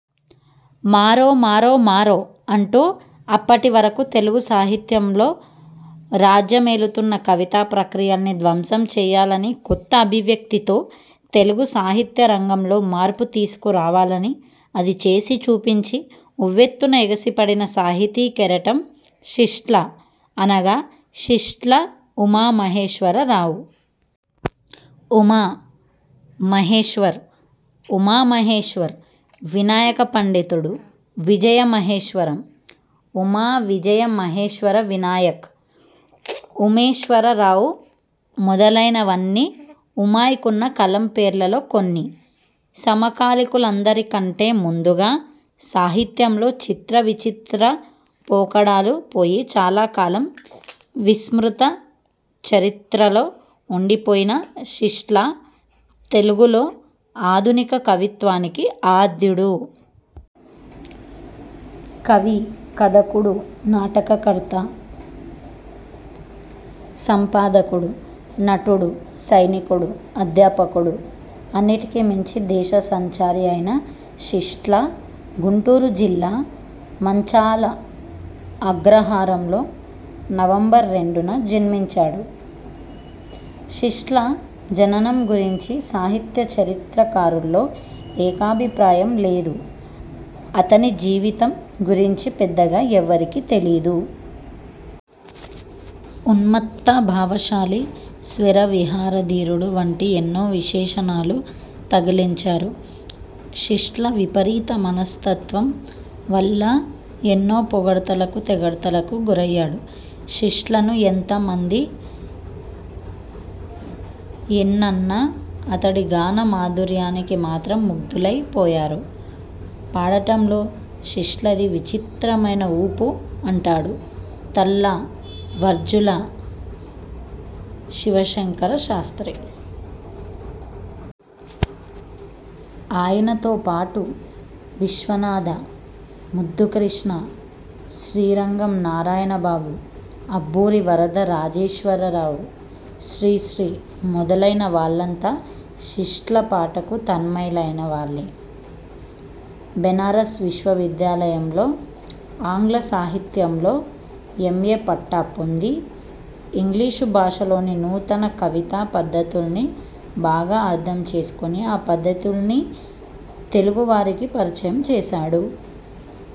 మారో మారో మారో' అంటూ అప్పటి వరకు తెలుగు సాహిత్యంలో రాజ్య మేలుతున్న కవితా ప్రక్రియల్ని ధ్వంసం చేయాలని, కొత్త అభివ్యక్తి తో తెలుగు సాహిత్య రంగంలో మార్పు తీసుకు రావాలని, అది చేసి చూపించి, ఉవ్వెత్తున ఎగిసిపడిన సాహితీ కెరటం శిష్ట్లా, అనగా శిష్ట్లా ఉమా మహేశ్వర రావు. ఉమా, మహేశ్వర్, ఉమా మహేశ్వర్, వినాయక పండితుడు, విజయ మహేశ్వరం, ఉమా విజయ మహేశ్వర వినాయక్, ఉమేశ్వర రావు మొదలైన వన్నీ 'ఉమాయ్'కున్న కలం పేర్లలో కొన్ని. సమకాలికులందరికంటే ముందుగా సాహిత్యంలో చిత్ర విచిత్ర పోకడలు పోయి, చాలా కాలం విస్మృత చరిత్రలో ఉండి పోయిన శిష్ట్లా తెలుగులో ఆధునిక కవిత్వానికి ఆద్యుడు. కవి, కథకుడు, నాటక కర్త, సంపాదకుడు, నటుడు, సైనికుడు, అధ్యాపకుడు, అన్నిటికీ మించి దేశ సంచారి అయిన శిష్ట్లా గుంటూరు జిల్లా మంచాళ అగ్రహారంలో, నవంబర్ రెండున జన్మించాడు. శిష్ట్లా జననం గురించి సాహిత్య చరిత్ర కారుల్లో ఏకాభి ప్రాయం లేదు. అతని జీవితం గురించి పెద్దగా ఎవరికీ తెలీదు. ఉన్మత్త భావశాలి, స్వైర విహారధీరుడు వంటి ఎన్నో విశేషణాలు తగిలించారు. శిష్ట్లా విపరీత మనస్తత్వం వల్ల ఎన్నో పొగడ్తలకు, తెగడ్తలకు గురయ్యాడు. శిష్ట్లాను ఎంత మంది ఎన్నన్నా అతడి గాన మాధుర్యానికి మాత్రం ముగ్ధులై పోయారు. పాడటంలో శిష్ట్లాది విచిత్రమైన ఊపు అంటాడు తల్లా వఝ్ఝల శివశంకర శాస్త్రి. ఆయనతో పాటు, విశ్వనాథ, ముద్దు కృష్ణ, శ్రీరంగం నారాయణ బాబు, అబ్బూరి వరద రాజేశ్వర రావు, శ్రీశ్రీ మొదలైన వాళ్లంతా శిష్ట్లా పాటకు తన్మయు లైనవాళ్లే. బెనారస్ విశ్వ విద్యాలయంలో ఆంగ్ల సాహిత్యంలో ఎం. ఏ. పట్టా పొంది, ఇంగ్లీషు భాషలోని నూతన కవితా పద్ధతుల్ని బాగా అర్థం చేసుకుని, ఆ పద్ధతుల్ని తెలుగు వారికి పరిచయం చేశాడు.